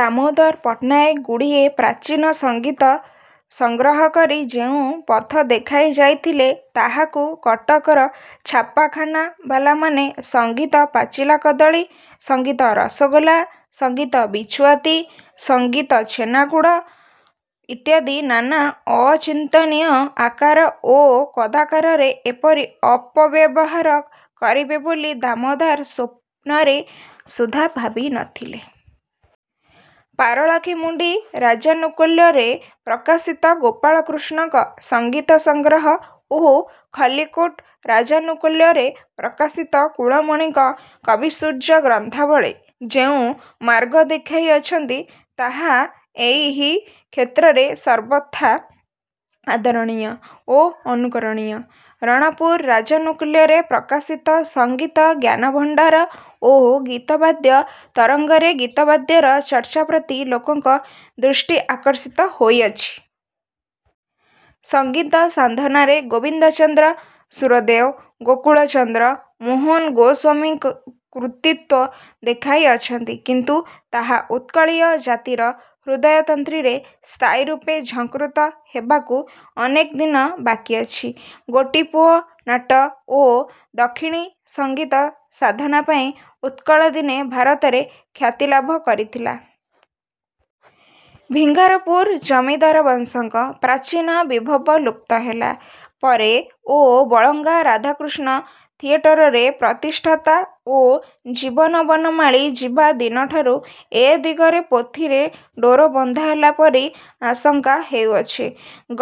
ଦାମୋଦର ପଟ୍ଟନାୟକ ଗୁଡ଼ିଏ ପ୍ରାଚୀନ ସଙ୍ଗୀତ ସଂଗ୍ରହକରି ଯେଉଁ ପଥ ଦେଖାଇ ଯାଇଥିଲେ, ତାହାକୁ କଟକର ଛାପାଖାନାବାଲାମାନେ ସଙ୍ଗୀତ ପାଚିଲା କଦଳୀ, ସଙ୍ଗୀତ ରସଗୋଲା, ସଙ୍ଗୀତ ବିଛୁଆତି, ସଙ୍ଗୀତ ଛେନାଗୁଡ଼ ଇତ୍ୟାଦି ନାନା ଅଚିନ୍ତନୀୟ ଆକାର ଓ କଦାକାରରେ ଏପରି ଅପବ୍ୟବହାର କରିବେ ବୋଲି ଦାମୋଦର ସ୍ୱପ୍ନରେ ସୁଦ୍ଧା ଭାବି ନଥିଲେ। ପାରଳାଖେମୁଣ୍ଡି ରାଜାନୁକୂଲ୍ୟରେ ପ୍ରକାଶିତ ଗୋପାଳକୃଷ୍ଣଙ୍କ ସଙ୍ଗୀତସଂଗ୍ରହ ଓ ଖଲିକୋଟ ରାଜାନୁକୂଲ୍ୟରେ ପ୍ରକାଶିତ କୁଳମଣିଙ୍କ କବିସୂର୍ଯ୍ୟ ଗ୍ରନ୍ଥାବଳୀ ଯେଉଁ ମାର୍ଗ ଦେଖାଇଅଛନ୍ତି, ତାହା ଏହି କ୍ଷେତ୍ରରେ ସର୍ବଥା ଆଦରଣୀୟ ଓ ଅନୁକରଣୀୟ। ରଣପୁର ରାଜାନୁକୂଲ୍ୟରେ ପ୍ରକାଶିତ ସଙ୍ଗୀତ ଜ୍ଞାନଭଣ୍ଡାର ଓ ଗୀତବାଦ୍ୟ ତରଙ୍ଗରେ ଗୀତବାଦ୍ୟର ଚର୍ଚ୍ଚାପ୍ରତି ଲୋକଙ୍କ ଦୃଷ୍ଟିଆକର୍ଷିତ ହୋଇଅଛି। ସଙ୍ଗୀତ ସାଧନାରେ ଗୋବିନ୍ଦଚନ୍ଦ୍ର ସୁରଦେଓ, ଗୋକୁଳଚନ୍ଦ୍ର, ମୋହନ ଗୋସ୍ୱାମୀ କୃତିତ୍ୱ ଦେଖାଇଅଛନ୍ତି, କିନ୍ତୁ ତାହା ଉତ୍କଳୀୟ ଜାତିର ହୃଦୟତନ୍ତ୍ରୀରେ ସ୍ଥାୟୀରୂପେ ଝଙ୍କୃତ ହେବାକୁ ଅନେକ ଦିନ ବାକି ଅଛି। ଗୋଟିପୁଅ ନାଟ ଓ ଦକ୍ଷିଣୀ ସଙ୍ଗୀତ ସାଧନାପାଇଁ ଉତ୍କଳ ଦିନେ ଭାରତରେ ଖ୍ୟାତି ଲାଭ କରିଥିଲା। ଭିଙ୍ଗାରପୁର ଜମିଦାରବଂଶଙ୍କ ପ୍ରାଚୀନ ବିଭବ ଲୁପ୍ତହେଲା ପରେ ଓ ବଳଙ୍ଗା ରାଧାକୃଷ୍ଣ ଥିଏଟରର ପ୍ରତିଷ୍ଠାତା ଓ ଜୀବନ ବନମାଳୀ ଯିବା ଦିନଠାରୁ ଏ ଦିଗରେ ପୋଥିରେ ଡୋର ବନ୍ଧାହେଲା ପରି ଆଶଙ୍କା ହେଉଅଛି।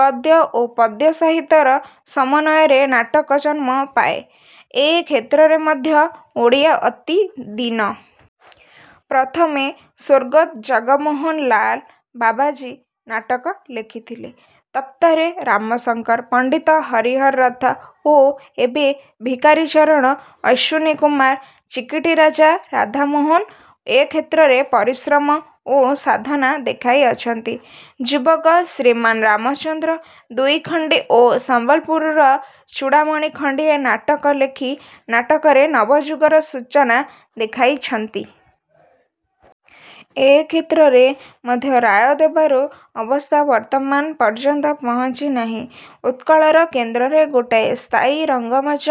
ଗଦ୍ୟ ଓ ପଦ୍ୟ ସାହିତ୍ୟର ସମନ୍ୱୟରେ ନାଟକ ଜନ୍ମ ପାଏ। ଏ କ୍ଷେତ୍ରରେ ମଧ୍ୟ ଓଡ଼ିଆ ଅତି ଦୀନ। ପ୍ରଥମେ ସ୍ୱର୍ଗତ ଜଗମୋହନ ଲାଲ 'ବାବାଜୀ' ନାଟକ ଲେଖିଥିଲେ। ତତ୍ପରେ ରାମଶଙ୍କର, ପଣ୍ଡିତ ହରିହର ରଥ ଓ ଏବେ ଭିକାରୀଚରଣ, ଅଶ୍ୱିନୀକୁମାର, ଚିକିଟିରାଜା ରାଧାମୋହନ ଏ କ୍ଷେତ୍ରରେ ପରିଶ୍ରମ ଓ ସାଧନା ଦେଖାଇଅଛନ୍ତି। ଯୁବକ ଶ୍ରୀମାନ୍ ରାମଚନ୍ଦ୍ର ଦୁଇଖଣ୍ଡି ଓ ସମ୍ୱଲପୁରର ଚୂଡ଼ାମଣି ଖଣ୍ଡିଏ ନାଟକ ଲେଖି ନାଟକରେ ନବଯୁଗର ସୂଚନା ଦେଖାଇଅଛନ୍ତି। ଏ କ୍ଷେତ୍ରରେ ମଧ୍ୟ ରାୟ ଦେବାର ଅବସ୍ଥା ବର୍ତ୍ତମାନ ପର୍ଯ୍ୟନ୍ତ ପହଞ୍ଚି ନାହିଁ। ଉତ୍କଳର କେନ୍ଦ୍ରରେ ଗୋଟାଏ ସ୍ଥାୟୀ ରଙ୍ଗମଞ୍ଚ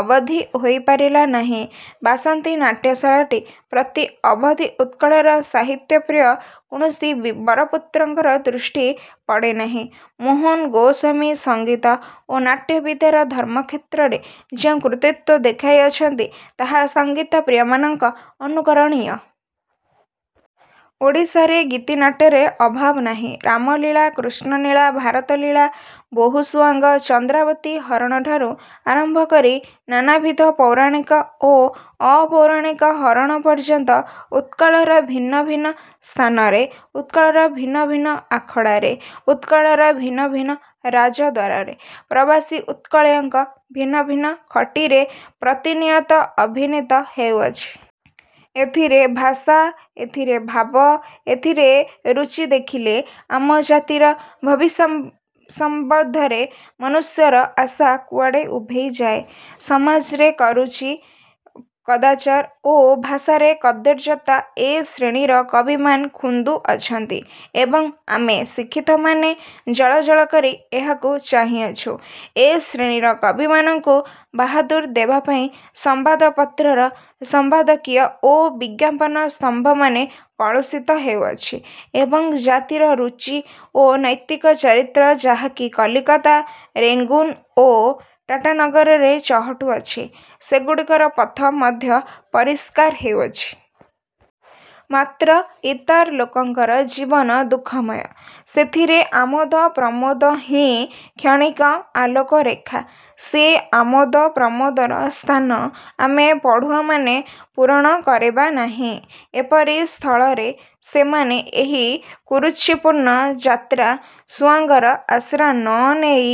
ଅବଧି ହୋଇପାରିଲା ନାହିଁ। ବାସନ୍ତୀ ନାଟ୍ୟଶାଳାଟି ପ୍ରତି ଅବଧି ଉତ୍କଳର ସାହିତ୍ୟପ୍ରିୟ କୌଣସି ବରପୁତ୍ରଙ୍କର ଦୃଷ୍ଟି ପଡ଼ିନାହିଁ। ମୋହନ ଗୋସ୍ୱାମୀ ସଙ୍ଗୀତ ଓ ନାଟ୍ୟ ବିଦ୍ୟାରେ ଧର୍ମକ୍ଷେତ୍ରରେ ଯେଉଁ କୃତିତ୍ୱ ଦେଖାଇଅଛନ୍ତି, ତାହା ସଙ୍ଗୀତପ୍ରିୟମାନଙ୍କ ଅନୁକରଣୀୟ। ଓଡ଼ିଶାରେ ଗୀତିନାଟ୍ୟର ଅଭାବ ନାହିଁ। ରାମଲୀଳା, କୃଷ୍ଣଲୀଳା, ଭାରତଲୀଳା, ବୋହୂ ସୁଆଙ୍ଗ, ଚନ୍ଦ୍ରାବତୀହରଣଠାରୁ ଆରମ୍ଭ କରି ନାନାବିଧ ପୌରାଣିକ ଓ ଅପୌରାଣିକ ହରଣ ପର୍ଯ୍ୟନ୍ତ ଉତ୍କଳର ଭିନ୍ନ ଭିନ୍ନ ସ୍ଥାନରେ, ଉତ୍କଳର ଭିନ୍ନ ଭିନ୍ନ ଆଖଡ଼ାରେ, ଉତ୍କଳର ଭିନ୍ନ ଭିନ୍ନ ରାଜଦ୍ୱାରରେ, ପ୍ରବାସୀ ଉତ୍କଳୀୟଙ୍କ ଭିନ୍ନ ଭିନ୍ନ ଖଟିରେ ପ୍ରତିନିୟତ ଅଭିନୀତ ହେଉଅଛି। ଏଥିର ଭାଷା, ଏଥିର ଭାବ, ଏଥିର ରୁଚି ଦେଖିଲେ, ଆମ ଜାତିର ଭବିଷ୍ୟତ୍ସମ୍ୱନ୍ଧରେ ମନୁଷ୍ୟର ଆଶା କୁଆଡ଼େ ଉଭେଇଯାଏ। ସମାଜରେ କୁରୁଚି, କଦାଚାର ଓ ଭାଷାରେ କଦର୍ଯ୍ୟତା ଏ ଶ୍ରେଣୀର କବିମାନେ ଖୁନ୍ଦୁ ଅଛନ୍ତି ଏବଂ ଆମେ ଶିକ୍ଷିତମାନେ ଜଳଜଳ କରି ଏହାକୁ ଚାହିଁଅଛୁ। ଏ ଶ୍ରେଣୀର କବିମାନଙ୍କୁ ବାହାଦୁରୀ ଦେବାପାଇଁ ସମ୍ୱାପତ୍ରର ସମ୍ପାଦକୀୟ ଓ ବିଜ୍ଞାପନ ସ୍ତମ୍ଭମାନ କଳୁଷିତ ହେଉଅଛି ଏବଂ ଜାତିର ରୁଚି ଓ ନୈତିକ ଚରିତ୍ର ଯାହାକି କଲିକତା, ରେଙ୍ଗୁନ ଓ ଟାଟାନଗରରେ ଚହଟୁଅଛି, ସେଗୁଡ଼ିକର ପଥ ମଧ୍ୟ ପରିଷ୍କାର ହେଉଅଛି। ମାତ୍ର ଇତର ଲୋକଙ୍କର ଜୀବନ ଦୁଃଖମୟ; ସେଥିରେ ଆମୋଦ ପ୍ରମୋଦହିଁ କ୍ଷଣିକ ଆଲୋକରେଖା। ସେ ଆମୋଦ ପ୍ରମୋଦର ସ୍ଥାନ ଆମେ ପଢ଼ୁଆମାନେ ପୂରଣ କରିବା ନାହିଁ। ଏପରି ସ୍ଥଳରେ ସେମାନେ ଏହି କୁରୁଚିପୂର୍ଣ୍ଣ ଯାତ୍ରା ସୁଆଙ୍ଗର ଆଶ୍ରା ନ ନେଇ